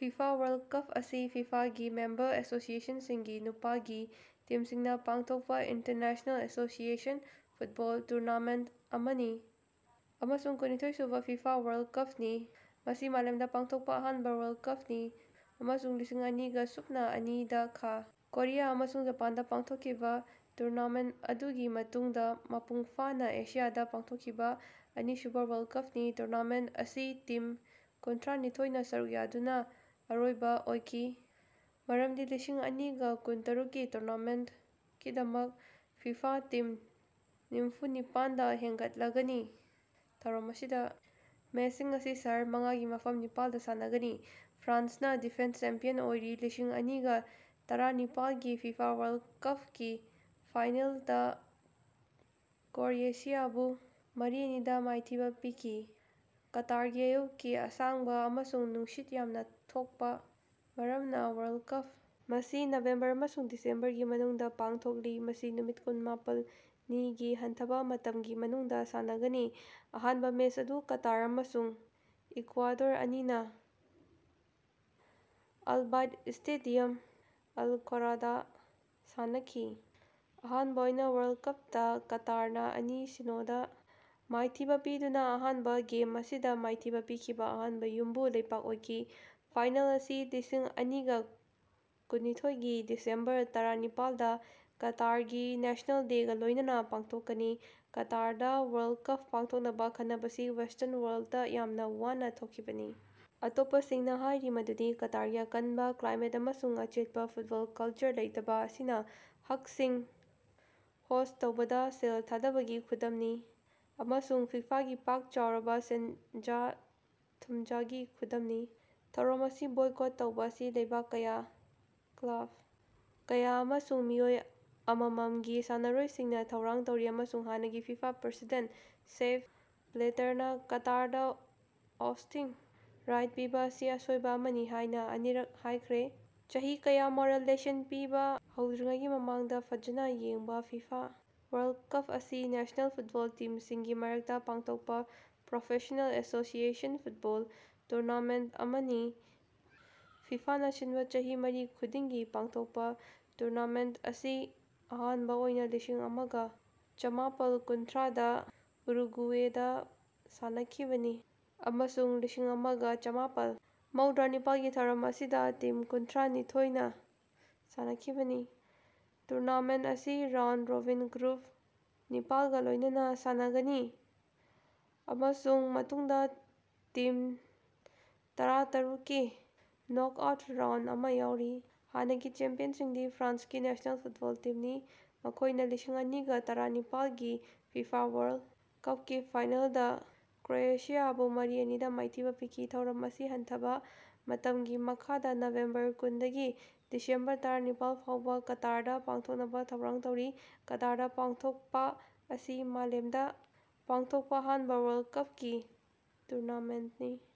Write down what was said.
FIFA world cup ꯑꯁꯤ ꯐꯤꯐꯥꯒꯤ member ꯑꯦꯁꯣꯁꯤꯑꯦꯁꯟꯁꯤꯡꯒꯤ ꯅꯨꯄꯥꯒꯤ ꯇꯤꯝꯁꯤꯡꯅꯥ ꯄꯥꯡꯊꯣꯛꯄꯥ ꯏꯟꯇꯔꯅꯦꯁꯅꯦꯜ ꯑꯦꯁꯣꯁꯤꯑꯦꯁꯟ ꯐꯨꯠꯕꯣꯜ ꯇꯨꯔꯅꯥꯃꯦꯟ ꯑꯃꯅꯤ, ꯑꯃꯁꯨꯡ ꯀꯨꯟꯅꯤꯊꯣꯏ ꯁꯨꯕꯥ ꯐꯤꯐꯥ ꯋꯥꯔꯜ ꯀꯞꯅꯤ꯫ ꯃꯁꯤ ꯃꯥꯂꯦꯝꯗꯥ ꯄꯥꯡꯊꯣꯛꯄ ꯑꯍꯥꯟꯕ ꯋꯥꯔꯜꯗ ꯀꯞꯅꯤ, ꯑꯃꯁꯨꯡ ꯂꯤꯁꯤꯡ ꯑꯅꯤꯒ ꯁꯨꯞꯅꯥ ꯑꯅꯤꯗꯥ ꯈꯥ ꯀꯣꯔꯤꯌꯥ ꯑꯃꯁꯨꯡ ꯖꯄꯥꯟꯗ ꯄꯥꯡꯊꯣꯛꯈꯤꯕ ꯇꯨꯔꯅꯥꯃꯦꯟ ꯑꯗꯨꯒꯤ ꯃꯇꯨꯡꯗ ꯃꯄꯨꯡ ꯐꯥꯅ ꯑꯦꯁꯤꯌꯥꯗ ꯄꯥꯡꯊꯣꯛꯈꯤꯕ ꯑꯅꯤꯁꯨꯕ ꯋꯥꯔꯜ ꯀꯞꯅꯤ꯫ ꯇꯨꯔꯅꯥꯃꯦꯟ ꯑꯁꯤ ꯇꯤꯝ ꯀꯨꯟꯊ꯭ꯔꯥꯅꯤꯊꯣꯏꯅꯥ ꯁꯔꯨꯛ ꯌꯥꯗꯨꯅ ꯑꯔꯣꯏꯕ ꯑꯣꯏꯈꯤ, ꯃꯔꯝꯗꯤ ꯂꯤꯁꯤꯡ ꯑꯅꯤꯒ ꯀꯨꯟꯇꯔꯨꯛꯀꯤ ꯇꯨꯔꯅꯥꯃꯦꯟꯀꯤꯗꯃꯛ ꯐꯤꯐꯥꯗ ꯇꯤꯝ ꯅꯤꯐꯨꯅꯤꯄꯥꯟꯗꯥ ꯍꯦꯟꯒꯠꯂꯒꯅꯤ꯫ ꯊꯧꯔꯝ ꯑꯁꯤꯗ ꯃꯦꯁꯁꯤꯡ ꯑꯁꯤ ꯁꯍꯔ ꯃꯉꯥꯒꯤ ꯃꯐꯝ ꯅꯤꯄꯥꯜꯗ ꯁꯥꯟꯅꯒꯅꯤ꯫ ꯐ꯭ꯔꯥꯟꯁꯅꯥ ꯗꯤꯐꯦꯟꯁ ꯆꯦꯝꯄꯤꯌꯟ ꯑꯣꯏꯔꯤ, ꯂꯤꯁꯤꯡ ꯑꯅꯤꯒ ꯇꯔꯥꯅꯤꯄꯥꯜꯒꯤ ꯐꯤꯐꯥ ꯋꯥꯔꯜ ꯀꯞꯀꯤ ꯐꯥꯏꯅꯦꯜꯗꯥ ꯀ꯭ꯔꯣꯌꯦꯁꯤꯌꯥꯕꯨ ꯃꯔꯤ-ꯑꯅꯤ ꯗꯥ ꯃꯥꯏꯊꯤꯕ ꯄꯤꯈꯤ꯫ ꯀꯇꯥꯔꯒꯤ ꯑꯌꯨꯛꯀꯤ ꯑꯁꯥꯡꯕ ꯑꯃꯁꯨꯡ ꯅꯨꯡꯁꯤꯠ ꯌꯥꯝꯅ ꯊꯣꯛꯄ ꯃꯔꯝꯅ ꯋꯥꯔꯜ ꯀꯞ ꯑꯁꯤ ꯅꯕꯦꯝꯕꯔ ꯑꯃꯁꯨꯡ ꯗꯤꯁꯦꯝꯕꯔꯒꯤ ꯃꯅꯨꯡꯗꯥ ꯄꯥꯡꯊꯣꯛꯂꯤ꯫ ꯃꯁꯤ ꯅꯨꯃꯤꯠ ꯀꯨꯟꯃꯥꯄꯜꯅꯤꯒꯤ ꯍꯟꯊꯕ ꯃꯇꯝꯒꯤ ꯃꯅꯨꯡꯗ ꯁꯥꯟꯅꯒꯅꯤ꯫ ꯑꯍꯥꯟꯕ ꯃꯦꯁ ꯑꯗꯨ ꯀꯇꯥꯔ ꯑꯃꯁꯨꯡ ꯏꯀ꯭ꯨꯋꯥꯗꯣꯔ ꯑꯅꯤꯅ ꯑꯜ ꯕꯥꯏꯠ ꯁ꯭ꯇꯦꯗꯤꯌꯝ, ꯑꯜ ꯈꯣꯔꯗꯥ ꯁꯥꯟꯅꯈꯤ꯫ ꯑꯍꯥꯟꯕ ꯑꯣꯏꯅ ꯋꯥꯔꯜ ꯀꯞꯇꯥ ꯀꯇꯥꯔꯅꯥ ꯑꯅꯤ-ꯁꯤꯅꯣ ꯗ ꯃꯥꯏꯊꯤꯕ ꯄꯤꯗꯨꯅ ꯑꯍꯥꯟꯕ ꯒꯦꯝ ꯑꯁꯤꯗ ꯃꯥꯏꯊꯤꯕ ꯄꯤꯈꯤꯕ ꯑꯍꯥꯟꯕ ꯌꯨꯝꯕꯨ ꯂꯩꯄꯥꯛ ꯑꯣꯏꯈꯤ꯫ ꯐꯥꯏꯅꯦꯜ ꯑꯁꯤ ꯂꯤꯁꯤꯡ ꯑꯅꯤꯒ ꯀꯨꯟꯅꯤꯊꯣꯏꯒꯤ ꯗꯤꯁꯦꯝꯕꯔ ꯇꯔꯥꯅꯤꯄꯥꯜꯗ ꯀꯇꯥꯔꯒꯤ ꯅꯦꯁꯅꯦꯜ ꯗꯦꯒꯥ ꯂꯣꯏꯅꯅ ꯄꯥꯡꯊꯣꯛꯀꯅꯤ꯫ ꯀꯇꯥꯔꯗꯥ ꯋꯥꯔꯜ ꯀꯞ ꯄꯥꯡꯊꯣꯛꯅꯕ ꯈꯟꯅꯕꯁꯤ ꯋꯦꯁꯇ꯭ꯔꯟ ꯋꯥꯔꯜꯇ ꯌꯥꯝꯅ ꯋꯥꯅ ꯊꯣꯛꯈꯤꯕꯅꯤ꯫ ꯑꯇꯣꯞꯄꯁꯤꯡꯅ ꯍꯥꯏꯔꯤ ꯃꯗꯨꯗꯤ ꯀꯇꯥꯔꯒꯤ ꯑꯀꯟꯕ ꯀ꯭ꯂꯥꯏꯃꯦꯠ ꯑꯃꯁꯨꯡ ꯑꯆꯦꯠꯄꯥ ꯐꯨꯠꯕꯣꯜ ꯀꯜꯆꯔ ꯂꯩꯇꯕꯥ ꯑꯁꯤꯅ ꯍꯛꯁꯤꯡ ꯍꯣꯁ꯭ꯠ ꯇꯧꯕꯗꯥ ꯁꯦꯜ ꯊꯥꯗꯕꯒꯤ ꯈꯨꯗꯝꯅꯤ ꯑꯃꯁꯨꯡ ꯐꯤꯐꯥꯒꯤ ꯄꯥꯛ ꯆꯥꯎꯔꯕ ꯁꯦꯟꯖꯥ- ꯊꯨꯝꯖꯥꯒꯤ ꯈꯨꯗꯝꯅꯤ꯫ ꯊꯧꯔꯝ ꯑꯁꯤ ꯕꯣꯏꯀꯣꯠ ꯇꯧꯕ ꯑꯁꯤ ꯂꯩꯕꯥꯛ ꯀꯌꯥ, ꯀ꯭ꯂꯕ ꯀꯌꯥ ꯑꯃꯁꯨꯡ ꯃꯤꯑꯣꯏ ꯑꯃꯃꯝꯒꯤ ꯁꯥꯟꯅꯔꯣꯏꯁꯤꯡꯅ ꯊꯧꯔꯥꯡ ꯇꯧꯔꯤ, ꯑꯃꯁꯨꯡ ꯍꯥꯟꯅꯒꯤ ꯐꯤꯐꯥ ꯄ꯭ꯔꯁꯤꯗꯦꯟ ꯁꯦꯞ ꯕ꯭ꯂꯦꯇꯔꯅꯥ ꯀꯇꯥꯔꯗ ꯍꯣꯁ꯭ꯇꯤꯡ ꯔꯥꯏꯠ ꯄꯤꯕ ꯑꯁꯤ ꯑꯁꯣꯏꯕ ꯑꯃꯅꯤ ꯍꯥꯏꯅ ꯑꯅꯤꯔꯛ ꯍꯥꯏꯈ꯭ꯔꯦ꯫ ꯆꯍꯤ ꯀꯌꯥ, ꯃꯣꯔꯦꯜ ꯂꯦꯁꯟ ꯄꯤꯕꯥ ꯍꯧꯗ꯭ꯔꯤꯉꯩꯒꯤ ꯃꯃꯥꯡꯗ ꯐꯖꯅ ꯌꯦꯡꯕ ꯐꯤꯐꯥ ꯋꯥꯔꯜꯗ ꯀꯞ ꯑꯁꯤ ꯅꯦꯁꯅꯦꯜ ꯐꯨꯠꯕꯣꯜ ꯇꯤꯝꯁꯤꯡꯒꯤ ꯃꯔꯛꯇ ꯄꯥꯡꯊꯣꯛꯄ ꯄ꯭ꯔꯣꯐꯦꯁ꯭ꯅꯦꯜ ꯑꯦꯁꯣꯁꯤꯑꯦꯁꯟ ꯐꯨꯠꯕꯣꯜ ꯇꯨꯔꯅꯥꯃꯦꯟ ꯑꯃꯅꯤ꯫ ꯐꯤꯐꯥꯅ ꯁꯤꯟꯕ ꯆꯍꯤ ꯃꯔꯤ ꯈꯨꯗꯤꯡꯒꯤ ꯄꯥꯡꯊꯣꯛꯄ ꯇꯨꯔꯅꯥꯃꯦꯟ ꯑꯁꯤ ꯑꯍꯥꯟꯕ ꯑꯣꯏꯅ ꯂꯤꯁꯤꯡ ꯑꯃꯒꯥ ꯆꯃꯥꯄꯜ ꯀꯨꯟꯊ꯭ꯔꯥꯗ ꯎꯔꯨꯒꯨꯋꯦꯗꯥ ꯁꯥꯟꯅꯈꯤꯕꯅꯤ, ꯑꯃꯁꯨꯡ ꯂꯤꯁꯤꯡ ꯑꯃꯒꯥ ꯆꯃꯥꯄꯜ ꯃꯧꯗ꯭ꯔꯥꯅꯤꯄꯥꯜꯒꯤ ꯊꯧꯔꯝ ꯑꯁꯤꯗꯒꯤ ꯇꯤꯝ ꯀꯨꯟꯊ꯭ꯔꯥꯅꯤꯊꯣꯏꯅꯥ ꯁꯥꯟꯅꯈꯤꯕꯅꯤ꯫ ꯇꯨꯔꯅꯥꯃꯦꯟ ꯑꯁꯤ ꯔꯥꯎꯟ-ꯔꯣꯕꯤꯟ ꯒ꯭ꯔꯨꯞ ꯅꯤꯄꯥꯜꯒꯥ ꯂꯣꯏꯅꯅꯥ ꯁꯥꯟꯅꯒꯅꯤ ꯑꯃꯁꯨꯡ ꯃꯇꯨꯡꯗꯥ ꯇꯤꯝ ꯇꯔꯥꯇꯔꯨꯛꯀꯤ ꯅꯣꯛꯑꯥꯎꯠ ꯔꯥꯎꯟ ꯑꯃ ꯌꯥꯎꯔꯤ꯫ ꯍꯥꯟꯅꯒꯤ ꯆꯦꯝꯄꯤꯌꯟꯁꯤꯡꯗꯤ ꯐ꯭ꯔꯥꯟꯁꯀꯤ ꯅꯦꯁ꯭ꯅꯦꯜ ꯐꯨꯠꯕꯣꯜ ꯇꯤꯝꯅꯤ, ꯃꯈꯣꯢꯅ ꯂꯤꯁꯤꯡ ꯑꯅꯤꯒ ꯇꯔꯥꯅꯤꯄꯥꯜꯒꯤ ꯐꯤꯐꯥ ꯋꯥꯔꯜ ꯀꯞꯀꯤ ꯐꯥꯏꯅꯦꯜꯗꯥ ꯀ꯭ꯔꯣꯌꯦꯁꯤꯌꯥꯕꯨ ꯃꯔꯤ- ꯑꯅꯤ ꯗꯥ ꯃꯥꯏꯊꯤꯕ ꯄꯤꯈꯤ꯫ ꯊꯧꯔꯝ ꯑꯁꯤ ꯍꯟꯊꯕ ꯃꯇꯝꯒꯤ ꯃꯈꯥꯗ, ꯅꯕꯦꯝꯕꯔ ꯀꯨꯟꯗꯒꯤ ꯗꯤꯁꯦꯝꯕꯔ ꯇꯔꯥꯅꯤꯄꯥꯜ ꯐꯥꯎꯕ ꯀꯇꯥꯔꯗꯥ ꯄꯥꯡꯊꯣꯛꯅꯕ ꯊꯧꯔꯥꯡ ꯇꯧꯔꯤ꯫ ꯀꯇꯥꯔꯗꯥ ꯄꯥꯡꯊꯣꯛꯄ ꯑꯁꯤꯅ ꯃꯥꯂꯦꯝꯗꯥ ꯄꯥꯡꯊꯣꯛꯄ ꯑꯍꯥꯟꯕ ꯋꯥꯔꯜꯗ ꯀꯞꯀꯤ ꯇꯨꯔꯅꯥꯃꯦꯟꯅꯤ꯫